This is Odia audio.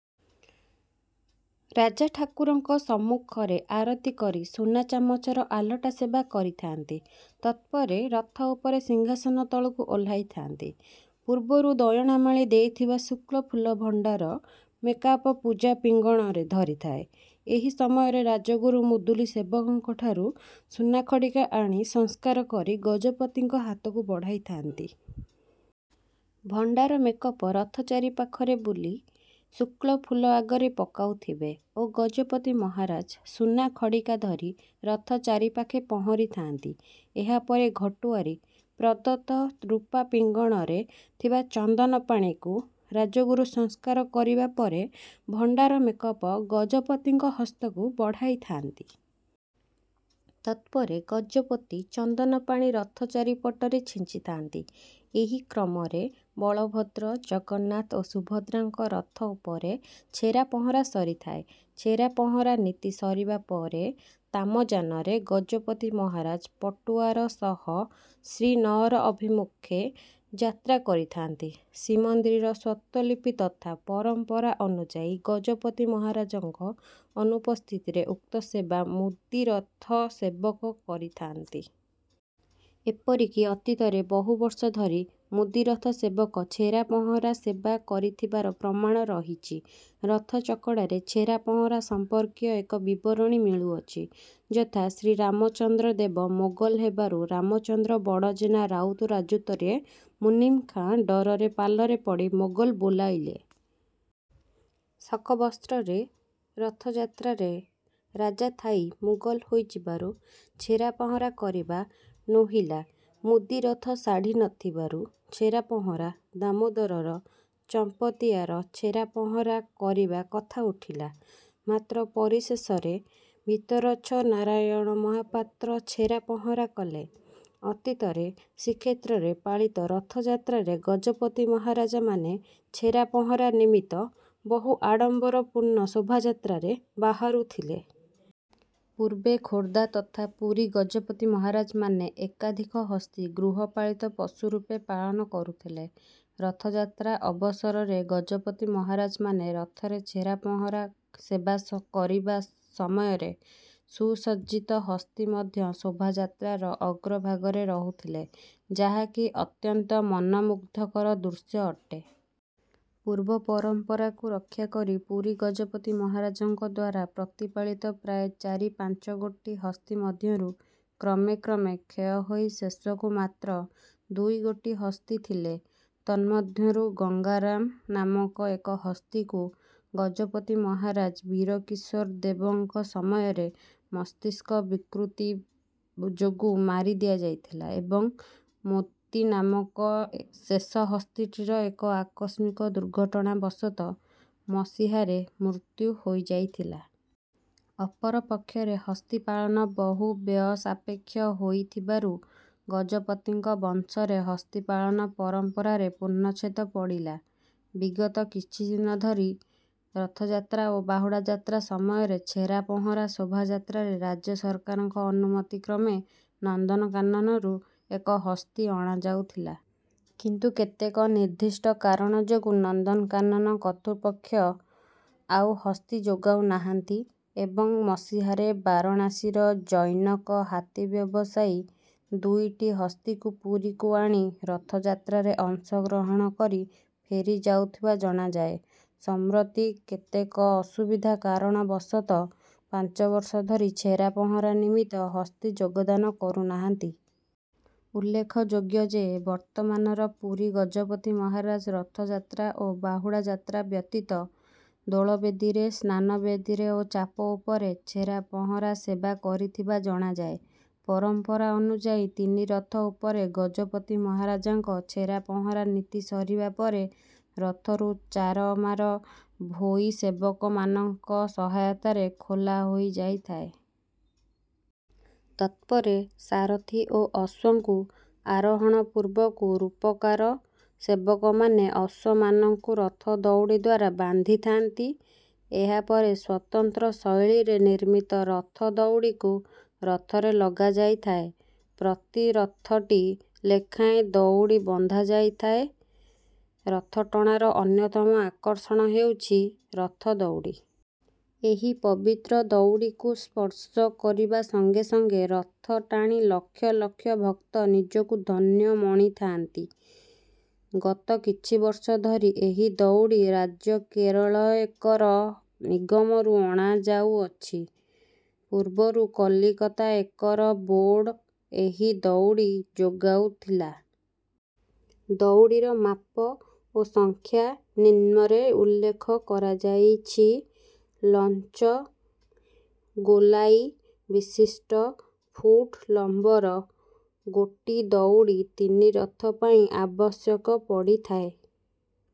ରାଜା ଠାକୁରଙ୍କ ସମ୍ମୁଖରେ ଆରତି କରି ସୁନା ଚାମର ଆଲଟ ସେବା କରିଥାନ୍ତି। ତତ୍ପରେ ରଥ ଉପରେ ସିଂହାସନ ତଳକୁ ଓହ୍ଲାଇଥାନ୍ତି। ପୂର୍ବରୁ ଦୟଣାମାଳି ଦେଇଥିବା ଶୁକ୍ଳ ଫୁଲ ଭଣ୍ଡାର ମେକାପ ପୂଜା ପିଙ୍ଗଣରେ ଧରିଥାଏ। ଏହି ସମୟରେ ରାଜଗୁରୁ ମୁଦୁଲି ସେବକଙ୍କଠାରୁ ସୁନା ଖଡି଼କା ଆଣି ସଂସ୍କାର କରି ଗଜପତିଙ୍କ ହାତକୁ ବଢ଼ାଇଥାନ୍ତି। ଭଣ୍ଡାର ମେକପ ରଥର ଚାରି ପାଖରେ ବୁଲି ଶୁକ୍ଳ ଫୁଲ ଆଗରେ ପକାଉଥିବେ ଓ ଗଜପତି ମହାରାଜା ସୁନା ଖଡିକା ଧରି ରଥ ଚାରି ପାଖେ ପହଁରିଥାନ୍ତି। ଏହା ପରେ ଘଟୁଆରୀ ପ୍ରଦତ୍ତ ରୂପା ପିଙ୍ଗଣରେ ଥିବା ଚନ୍ଦନ ପାଣିକୁ ରାଜଗୁରୁ ସଂସ୍କାର କରିବାପରେ ଭଣ୍ଡାର ମେକପ ଗଜପତିଙ୍କ ହସ୍ତକୁ ବଢ଼ାଇଥାନ୍ତି। ତତ୍ପରେ ଗଜପତି ଚନ୍ଦନପାଣି ରଥ ଚାରିପଟରେ ଛିଞ୍ଚିଥାନ୍ତି। ଏହି କ୍ରମରେ ବଳଭଦ୍ର, ଜଗନ୍ନାଥ ଓ ସୁଭଦ୍ରାଙ୍କ ରଥ ଉପରେ ଛେରା ପହଁରା ସରିଥାଏ। ଛେରା ପହଁରା ନୀତି ସରିବା ପରେ ତାମଯାନରେ ଗଜପତି ମହାରାଜା ପଟୁଆର ସହ ଶ୍ରୀନଅର ଅଭିମୁଖେ ଯାତ୍ରା କରିଥାନ୍ତି। ଶ୍ରୀମନ୍ଦିର ସ୍ୱତ୍ତ୍ୱଲିପି ତଥା ପରମ୍ପରା ଅନୁଯାୟୀ ଗଜପତି ମହାରାଜାଙ୍କ ଅନୁପସ୍ଥିତିରେ ଉକ୍ତ ସେବା ମୁଦିରଥ ସେବକ କରିଥାନ୍ତି। ଏପରିକି ଅତୀତରେ ବହୁବର୍ଷ ଧରି ମୁଦିରଥ ସେବକ ଛେରା ପହଁରା ସେବା କରିଥିବାର ପ୍ରମାଣ ରହିଛି। ରଥ ଚକଡା଼ରେ ଛେରା ପହଁରା ସମ୍ପର୍କୀୟ ଏକ ବିବରଣୀ ମିଳୁଅଛି। ଯଥା: ଶ୍ରୀରାମଚନ୍ଦ୍ର ଦେବ ମୋଗଲ ହେବାରୁ ରାମଚନ୍ଦ୍ର ବଡ଼ଜେନା ରାଉତ ରାଜୁତିରେ ମୁନିମ୍ ଖାଁ ଡରରେ ପାଲରେ ପଡି ମୋଗଲ ବୋଲାଇଲେ। ଶକବତ୍ସରେ ରେ ରଥଯାତ୍ରାରେ ରାଜାଥାଇ ମୁଗଲ ହୋଇଯିବାରୁ ଛେରା ପହଁରା କରିବା ନୋହିଲା ମୁଦିରଥ ଶାଢ଼ୀ଼ ନଥିବାରୁ ଛେରା ପହଁରା ଦାମୋଦର ଚମ୍ପତିରାୟ ଛେରା ପହଁରା କରିବା କଥା ଉଠିଲା। ମାତ୍ର ପରିଶେଷରେ ଭିତରଚ୍ଛ ନାରୟଣ ମହାପାତ୍ର ଛେରା ପହଁରା କଲେ। ଅତୀତରେ ଶ୍ରୀକ୍ଷେତ୍ରରେ ପାଳିତ ରଥଯାତ୍ରାରେ ଗଜପତି ମହାରାଜାମାନେ ଛେରା ପହଁରା ନିମିତ୍ତ ବହୁ ଆଡ଼ମ୍ବରପୂର୍ଣ୍ଣ ଶୋଭାଯାତ୍ରାରେ ବାହାରୁଥିଲେ। ପୂର୍ବେ ଖୋର୍ଦ୍ଧା ତଥା ପୁରୀ ଗଜପତି ମହାରାଜାମାନେ ଏକାଧିକ ହସ୍ତୀ ଗୃହପାଳିତ ପଶୁ ରୂପେ ପାଳନ କରୁଥିଲେ। ରଥଯାତ୍ରା ଅବସରରେ ଗଜପତି ମହାରାଜାମାନେ ରଥରେ ଛେରା ପହଁରା ସେବା କରିବା ସମୟରେ ସୁସଜ୍ଜିତ ହସ୍ତୀ ମଧ୍ୟ ଶୋଭାଯାତ୍ରାର ଅଗ୍ରଭାଗରେ ରହୁଥିଲେ, ଯାହାକି ଅତ୍ୟନ୍ତ ମନମୁଗ୍ଧକର ଦୃଶ୍ୟ ଅଟେ। ପୂର୍ବ ପରମ୍ପରାକୁ ରକ୍ଷାକରି ପୁରୀ ଗଜପତି ମହାରାଜାଙ୍କଦ୍ୱାରା ପ୍ରତିପାଳିତ ପ୍ରାୟ ଚାରି ପାଞ୍ଚଗୋଟି ହସ୍ତୀ ମଧ୍ୟରୁ କ୍ରମେ କ୍ରମେ କ୍ଷୟହୋଇ ଶେଷକୁ ମାତ୍ର ଦୁଇଗୋଟି ହସ୍ତୀ ଥିଲେ। ତନ୍ମଧ୍ୟରୁ ଗଙ୍ଗାରାମ ନାମକ ଏକ ହସ୍ତୀକୁ ଗଜପତି ମହାରାଜ ବୀରକିଶୋର ଦେବ ଙ୍କ ସମୟରେ ମସ୍ତିଷ୍କ ବିକୃତି ଯୋଗୁଁ ମାରି ଦିଆଯାଇଥିଲା ଏବଂ ମୋତି ନାମକ ଶେଷ ହସ୍ତୀଟିର ଏକ ଆକସ୍ମିକ ଦୁର୍ଘଟଣା ବଶତଃ ମସିହାରେ ମୃତ୍ୟୁ ହୋଇଯାଇଥିଲା। ଅପରପକ୍ଷରେ ହସ୍ତୀ ପାଳନ ବହୁ ବ୍ୟୟ ସାପେକ୍ଷ ହେଉଥିବାରୁ ଗଜପତିଙ୍କ ବଂଶରେ ହସ୍ତୀ ପାଳନ ପରମ୍ପରାରେ ପୂର୍ଣ୍ଣଛେଦ ପଡିଲା। ବିଗତ କିଛିଦିନ ଧରି ରଥଯାତ୍ରା ଓ ବାହୁଡା ଯାତ୍ରା ସମୟରେ ଛେରା ପହଁରା ଶୋଭାଯାତ୍ରାରେ ରାଜ୍ୟ ସରକାରଙ୍କ ଅନୁମତି କ୍ରମେ ନନ୍ଦନକାନନରୁ ଏକ ହସ୍ତୀ ଅଣାଯାଉଥିଲା। କିନ୍ତୁ କେତେକ ନିର୍ଦ୍ଦିଷ୍ଟ କାରଣ ଯୋଗୁଁ ନନ୍ଦନକାନନ କର୍ତ୍ତୃପକ୍ଷ ଆଉ ହସ୍ତୀ ଯୋଗାଉ ନାହାନ୍ତି। ଏବଂ ମସିହାରେ ବାରଣାସୀର ଜୈନକ ହାତୀ ବ୍ୟବସାୟୀ ଦୁଇଟି ହସ୍ତୀକୁ ପୁରୀକୁ ଆଣି ରଥଯାତ୍ରାରେ ଅଂଶଗ୍ରହଣ କରି ଫେରି ଯାଉଥିବା ଜଣାଯାଏ। ସମ୍ପ୍ରତି କେତେକ ଅସୁବିଧା କାରଣବଶତଃ ପାଞ୍ଚ ବର୍ଷ ଧରି ଛେରା ପହଁରା ନିମିତ୍ତ ହସ୍ତୀ ଯୋଗଦାନ କରୁନାହାନ୍ତି। ଉଲ୍ଲେଖଯୋଗ୍ୟ ଯେ, ବର୍ତ୍ତମାନର ପୁରୀ ଗଜପତି ମହାରାଜା ରଥଯାତ୍ରା ଓ ବାହୁଡା଼ ଯାତ୍ରା ବ୍ୟତୀତ ଦୋଳବେଦୀରେ, ସ୍ନାନବେଦୀରେ ଓ ଚାପ ଉପରେ ଛେରା ପହଁରା ସେବା କରିଥିବା ଜଣାଯାଏ। ପରମ୍ପରା ଅନୁଯାୟୀ ତିନି ରଥ ଉପରେ ଗଜପତି ମହାରାଜାଙ୍କ ଛେରା ପହଁରା ନୀତି ସରିବା ପରେ ରଥରୁ ଚାରମାର ଭୋଇ ସେବକମାନଙ୍କ ସହାୟତାରେ ଖୋଲା ଯାଇଥାଏ। ତତ୍ପରେ ସାରଥୀ ଓ ଅଶ୍ୱଙ୍କୁ ଆରୋହଣ ପୂର୍ବକୁ ରୂପକାର ସେବକମାନେ ଅଶ୍ୱମାନଙ୍କୁ ରଥ ଦଉଡି଼ଦ୍ୱାରା ବାନ୍ଧିଥାନ୍ତି। ଏହା ପରେ ସ୍ୱତନ୍ତ୍ର ଶୈଳୀରେ ନିର୍ମିତ ରଥ ଦଉଡ଼ିକୁ ରଥରେ ଲଗାଯାଇଥାଏ। ପ୍ରତି ରଥରେ ଟି ଲେଖାଏଁ ଦଉଡି଼ ବନ୍ଧା ଯାଇଥାଏ। ରଥ ଟଣାର ଅନ୍ୟତମ ଆକର୍ଷଣ ହେଉଛି ରଥ ଦଉଡି଼। ଏହି ପବିତ୍ର ଦଉଡ଼ିକୁ ସ୍ପର୍ଶ କରିବା ସଙ୍ଗେ ସଙ୍ଗେ ରଥ ଟାଣି ଲକ୍ଷ ଲକ୍ଷ ଭକ୍ତ ନିଜକୁ ଧନ୍ୟ ମଣିଥାନ୍ତି। ଗତ କିଛି ବର୍ଷ ଧରି ଏହି ଦଉଡ଼ି ରାଜ୍ୟ କେରଳ କଏର ନିଗମରୁ ଆଣାଯାଉଅଛି। ପୂର୍ବରୁ କଲିକତା କଏର ବୋର୍ଡ଼ ଏହି ଦଉଡି ଯୋଗାଉଥିଲା। ଦଉଡ଼ିର ମାପ ଓ ସଂଖ୍ୟା ନିମ୍ନରେ ଉଲ୍ଲେଖ କରାଯାଇଛି। ଇଞ୍ଚ ଗୋଲାଇ ବିଶିଷ୍ଟ ଫୁଟ୍ ଲମ୍ବର ଗୋଟି ଦଉଡ଼ି ତିନି ରଥ ପାଇଁ ଆବଶ୍ୟକ ପଡିଥାଏ।